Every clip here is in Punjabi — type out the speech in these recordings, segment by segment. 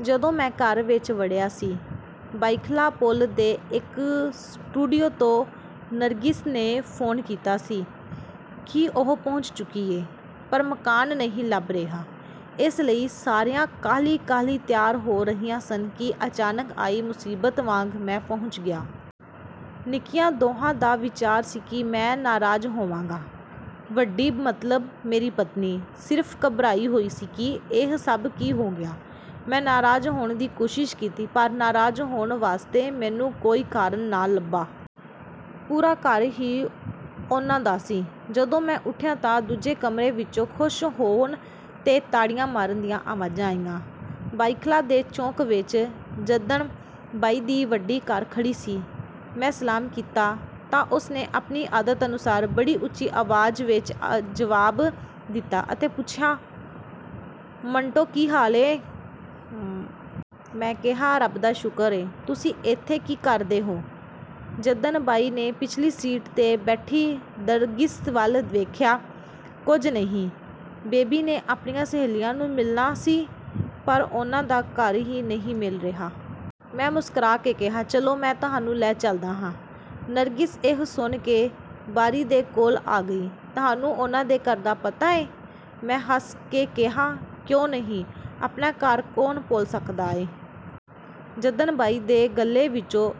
ਜਦੋਂ ਮੈਂ ਘਰ ਵਿੱਚ ਵੜਿਆ ਸੀ, ਬਾਈਖਲਾ ਪੁਲ ਦੇ ਇੱਕ ਸਟੂਡੀਓ ਤੋਂ ਨਰਗਿਸ ਨੇ ਫੋਨ ਕੀਤਾ ਸੀ ਕਿ ਉਹ ਪਹੁੰਚ ਚੁੱਕੀ ਏ, ਪਰ ਮਕਾਨ ਨਹੀਂ ਲੱਭ ਰਿਹਾ। ਇਸ ਲਈ ਸਾਰੀਆਂ ਕਾਹਲੀ ਕਾਹਲੀ ਤਿਆਰ ਹੋ ਰਹੀਆਂ ਸਨ ਕਿ ਅਚਾਨਕ ਆਈ ਮੁਸੀਬਤ ਵਾਂਗ ਮੈਂ ਪਹੁੰਚ ਗਿਆ। ਨਿੱਕੀਆਂ ਦੋਹਾਂ ਦਾ ਵਿਚਾਰ ਸੀ ਕਿ ਮੈਂ ਨਾਰਾਜ਼ ਹੋਵਾਂਗਾ। ਵੱਡੀ, ਮਤਲਬ ਮੇਰੀ ਪਤਨੀ, ਸਿਰਫ਼ ਘਬਰਾਈ ਹੋਈ ਸੀ ਕਿ ਇਹ ਸਭ ਕੀ ਹੋ ਗਿਆ। ਮੈਂ ਨਾਰਾਜ਼ ਹੋਣ ਦੀ ਕੋਸ਼ਿਸ਼ ਕੀਤੀ, ਪਰ ਨਾਰਾਜ਼ ਹੋਣ ਵਾਸਤੇ ਮੈਨੂੰ ਕੋਈ ਕਾਰਨ ਨਾ ਲੱਭਾ। ਪੂਰਾ ਘਰ ਹੀ ਉਨ੍ਹਾਂ ਦਾ ਸੀ। ਜਦੋਂ ਮੈਂ ਉੱਠਿਆ ਤਾਂ ਦੂਜੇ ਕਮਰੇ ਵਿੱਚੋਂ ਖੁਸ਼ ਹੋਣ 'ਤੇ ਤਾੜੀਆਂ ਮਾਰਨ ਦੀਆਂ ਆਵਾਜ਼ਾਂ ਆਈਆਂ। ਬਾਈਖਲਾ ਦੇ ਚੌਕ ਵਿੱਚ ਜੱਦਨ ਬਾਈ ਦੀ ਵੱਡੀ ਕਾਰ ਖੜ੍ਹੀ ਸੀ। ਮੈਂ ਸਲਾਮ ਕੀਤਾ ਤਾਂ ਉਸ ਨੇ ਆਪਣੀ ਆਦਤ ਅਨੁਸਾਰ ਬੜੀ ਉੱਚੀ ਆਵਾਜ਼ ਵਿੱਚ ਜਵਾਬ ਦਿੱਤਾ ਅਤੇ ਪੁੱਛਿਆ, ਮੰਟੋ ਕੀ ਹਾਲ ਏ? ਮੈਂ ਕਿਹਾ, ਰੱਬ ਦਾ ਸ਼ੁਕਰ ਏ। ਤੁਸੀਂ ਏਥੇ ਕੀ ਕਰਦੇ ਹੋ? ਜੱਦਨ ਬਾਈ ਨੇ ਪਿਛਲੀ ਸੀਟ 'ਤੇ ਬੈਠੀ ਨਰਗਿਸ ਵੱਲ ਵੇਖਿਆ, ਕੁਝ ਨਹੀਂ। ਬੇਬੀ ਨੇ ਆਪਣੀਆਂ ਸਹੇਲੀਆਂ ਨੂੰ ਮਿਲਣਾ ਸੀ, ਪਰ ਉਨ੍ਹਾਂ ਦਾ ਘਰ ਹੀ ਨਹੀਂ ਮਿਲ ਰਿਹਾ। ਮੈਂ ਮੁਸਕਰਾ ਕੇ ਕਿਹਾ, ਚਲੋ, ਮੈਂ ਤੁਹਾਨੂੰ ਲੈ ਚਲਦਾ ਹਾਂ। ਨਰਗਿਸ ਇਹ ਸੁਣ ਕੇ ਬਾਰੀ ਦੇ ਕੋਲ ਆ ਗਈ, ਤੁਹਾਨੂੰ ਉਨ੍ਹਾਂ ਦੇ ਘਰ ਦਾ ਪਤਾ ਏ? ਮੈਂ ਹੱਸ ਕੇ ਕਿਹਾ, ਕਿਉਂ ਨਹੀਂ, ਆਪਣਾ ਘਰ ਕੌਣ ਭੁੱਲ ਸਕਦਾ ਏ? ਜੱਦਨ ਬਾਈ ਦੇ ਗਲੇ ਵਿੱਚੋਂ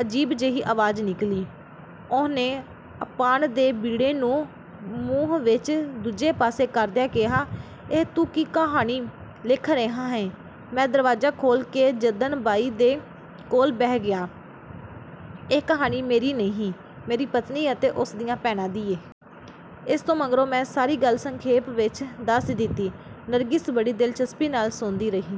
ਅਜੀਬ ਜਿਹੀ ਆਵਾਜ਼ ਨਿਕਲੀ। ਉਹਨੇ ਪਾਨ ਦੇ ਬੀੜੇ ਨੂੰ ਮੂੰਹ ਵਿੱਚ ਦੂਜੇ ਪਾਸੇ ਕਰਦਿਆਂ ਕਿਹਾ, ਇਹ ਤੂੰ ਕੀ ਕਹਾਣੀ ਲਿਖ ਰਿਹਾ ਏਂ? ਮੈਂ ਦਰਵਾਜ਼ਾ ਖੋਲ੍ਹ ਕੇ ਜੱਦਨ ਬਾਈ ਦੇ ਕੋਲ ਬਹਿ ਗਿਆ, ਇਹ ਕਹਾਣੀ ਮੇਰੀ ਨਹੀਂ, ਮੇਰੀ ਪਤਨੀ ਅਤੇ ਉਸ ਦੀਆਂ ਭੈਣਾਂ ਦੀ ਏ। ਇਸ ਤੋਂ ਮਗਰੋਂ ਮੈਂ ਸਾਰੀ ਗੱਲ ਸੰਖੇਪ ਵਿੱਚ ਦੱਸ ਦਿੱਤੀ। ਨਰਗਿਸ ਬੜੀ ਦਿਲਚਸਪੀ ਨਾਲ ਸੁਣਦੀ ਰਹੀ।